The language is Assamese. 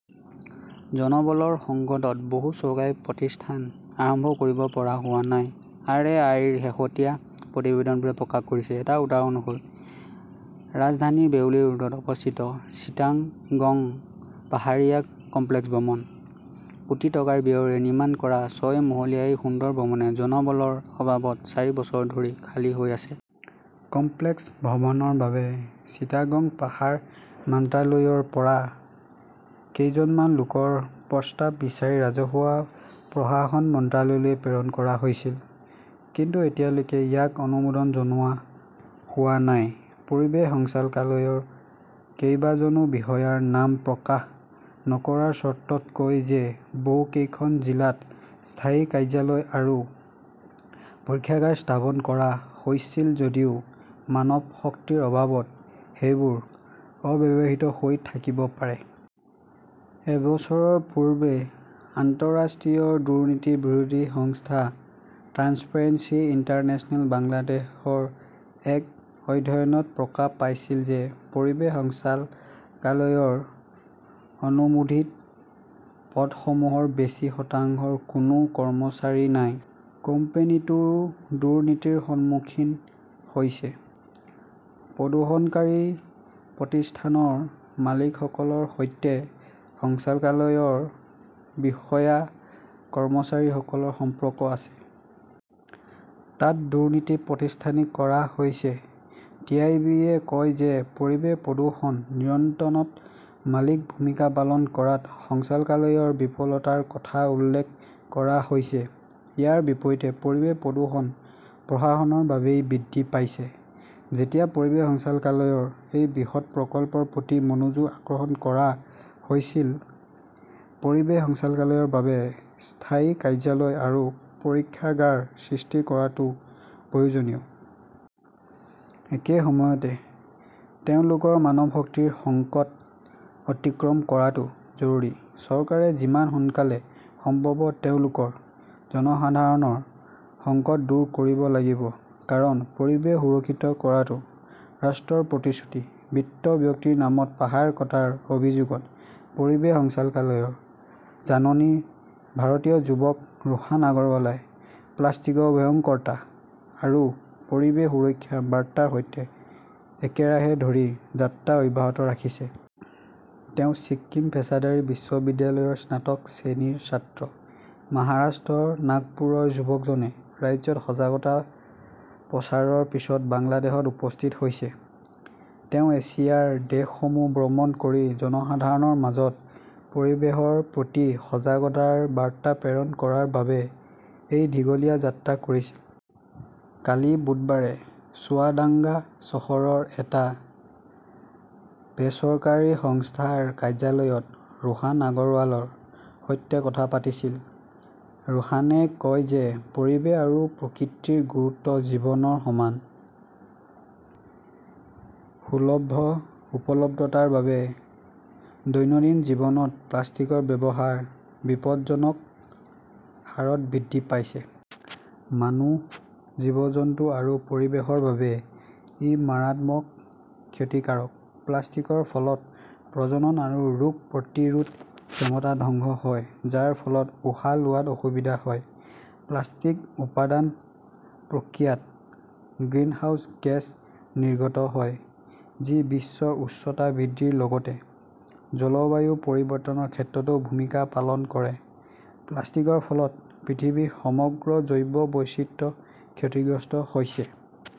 জনবলৰ সংকটত বহু চৰকাৰী প্ৰতিষ্ঠান আৰম্ভ কৰিব পৰা হোৱা নাই, আৰ. এ. আই. -ৰ শেহতীয়া প্ৰতিবেদনবোৰে প্ৰকাশ কৰিছে। এটা উদাহৰণ হ'ল ৰাজধানীৰ বেইলি ৰোডত অৱস্থিত চিটাগং পাহাৰীয়া কমপ্লেক্স ভৱন। কোটি টকা ব্যয়েৰে নিৰ্মাণ কৰা ছয় মহলীয়া এই সুন্দৰ ভৱনে জনবলৰ অভাৱত চাৰি বছৰ ধৰি খালী হৈ আছে। কমপ্লেক্স ভৱনৰ বাবে চিটাগং পাহাৰ মান্ত্ৰালয়ৰ পৰা কেইজনমান লোকৰ প্ৰস্তাৱ বিচাৰি ৰাজহুৱা প্ৰশাসন মন্ত্ৰালয়লৈ প্ৰেৰণ কৰা হৈছিল। কিন্তু এতিয়ালৈকে ইয়াক অনুমোদন জনোৱা হোৱা নাই। পৰিৱেশ সঞ্চালকালয়ৰ কেইবাজনো বিষয়াৰ নাম প্ৰকাশ নকৰাৰ চৰ্তত কয় যে বহুকেইখন জিলাত স্থায়ী কাৰ্যালয় আৰু পৰীক্ষাগাৰ স্থাপন কৰা হৈছিল যদিও মানৱশক্তিৰ অভাৱত সেইবোৰ অব্যৱহৃত হৈ থাকিব পাৰে। এবছৰ পূৰ্বে আন্তঃৰাষ্ট্ৰীয় দুৰ্নীতি বিৰোধী সংস্থা ট্ৰেন্সপাৰেন্সি ইণ্টাৰনেশ্যনেল বাংলাদেশৰ এক অধ্যয়নত প্ৰকাশ পাইছিল যে পৰিৱেশ সঞ্চালকালয়ৰ অনুমোদিত পদসমূহৰ বেছি শতাংশৰ কোনো কৰ্মচাৰী নাই। কোম্পানীটো দুৰ্নীতিৰ সন্মুখীন হৈছে। প্ৰদূষণকাৰী প্ৰতিষ্ঠানৰ মালিকসকলৰ সৈতে সঞ্চালকালয়ৰ বিষয়া-কৰ্মচাৰীসকলৰ সম্পৰ্ক আছে। তাত দুৰ্নীতি প্ৰতিষ্ঠানিক কৰা হৈছে। টি. আই. বি. -য়ে কয় যে পৰিৱেশ প্ৰদূষণ নিয়ন্ত্ৰণত মালিক ভূমিকা পালন কৰাত সঞ্চালকালয়ৰ বিফলতাৰ কথা উল্লেখ কৰা হৈছে। ইয়াৰ বিপৰীতে পৰিৱেশ প্ৰদূষণ প্ৰশাসনৰ বাবেই বৃদ্ধি পাইছে। যেতিয়া পৰিৱেশ সঞ্চালকালয়ৰ এই বৃহৎ প্ৰকল্পৰ প্ৰতি মনোযোগ আকৰ্ষণ কৰা হৈছিল, পৰিৱেশ সঞ্চালকালয়ৰ বাবে স্থায়ী কাৰ্যালয় আৰু পৰীক্ষাগাৰ সৃষ্টি কৰাটো প্ৰয়োজনীয়। একে সময়তে তেওঁলোকৰ মানৱশক্তিৰ সংকট অতিক্ৰম কৰাটো জৰুৰী। চৰকাৰে যিমান সোনকালে সম্ভৱ তেওঁলোকৰ জনসাধাৰণৰ সংকট দূৰ কৰিব লাগিব। কাৰণ, পৰিৱেশ সুৰক্ষিত কৰাটো ৰাষ্ট্ৰৰ প্ৰতিশ্ৰুতি। মৃত ব্যক্তিৰ নামত পাহাৰ কটাৰ অভিযোগত পৰিৱেশ সঞ্চালকালয়ৰ জাননী ভাৰতীয় যুৱক ৰোহান আগৰৱালে প্লাষ্টিকৰ ভয়ংকৰতা আৰু পৰিৱেশ সুৰক্ষাৰ বাৰ্তাৰ সৈতে একেৰাহে ধৰি যাত্ৰা অব্যাহত ৰাখিছে। তেওঁ ছিকিম পেচাদাৰী বিশ্ববিদ্যালয়ৰ স্নাতক শ্ৰেণীৰ ছাত্ৰ। মাহাৰাষ্ট্ৰৰ নাগপুৰৰ যুৱকজনে ৰাজ্যত সজাগতা প্ৰচাৰৰ পিছত বাংলাদেশত উপস্থিত হৈছে। তেওঁ এছিয়াৰ দেশসমূহ ভ্ৰমণ কৰি জনসাধাৰণৰ মাজত পৰিৱেশৰ প্ৰতি সজাগতাৰ বাৰ্তা প্ৰেৰণ কৰাৰ বাবে এই দীঘলীয়া যাত্ৰা কৰিছিল। কালি বুধবাৰে চুৱাদাঙ্গা চহৰৰ এটা বেচৰকাৰী সংস্থাৰ কাৰ্যালয়ত ৰোহান আগৰৱালৰ সৈতে কথা পাতিছিল। ৰোহানে কয় যে পৰিৱেশ আৰু প্ৰকৃতিৰ গুৰুত্ব জীৱনৰ সমান। সুলভ উপলব্ধতাৰ বাবে দৈনন্দিন জীৱনত প্লাষ্টিকৰ ব্যৱহাৰ বিপজ্জনক হাৰত বৃদ্ধি পাইছে। মানুহ, জীৱ-জন্তু আৰু পৰিৱেশৰ বাবে ই মাৰাত্মক ক্ষতিকাৰক। প্লাষ্টিকৰ ফলত প্ৰজনন আৰু ৰোগ প্ৰতিৰোধ ক্ষমতা ধ্বংস হয়, যাৰ ফলত উশাহ লোৱাত অসুবিধা হয়। প্লাষ্টিক উপাদান প্ৰক্ৰিয়াত গ্ৰিনহাউজ গেছ নিৰ্গত হয়, যি বিশ্ব উষ্ণতা বৃদ্ধিৰ লগতে জলবায়ু পৰিৱৰ্তনৰ ক্ষেত্ৰতো ভূমিকা পালন কৰে। প্লাষ্টিকৰ ফলত পৃথিৱীৰ সমগ্ৰ জৈৱ বৈচিত্ৰ্য ক্ষতিগ্ৰস্ত হৈছে।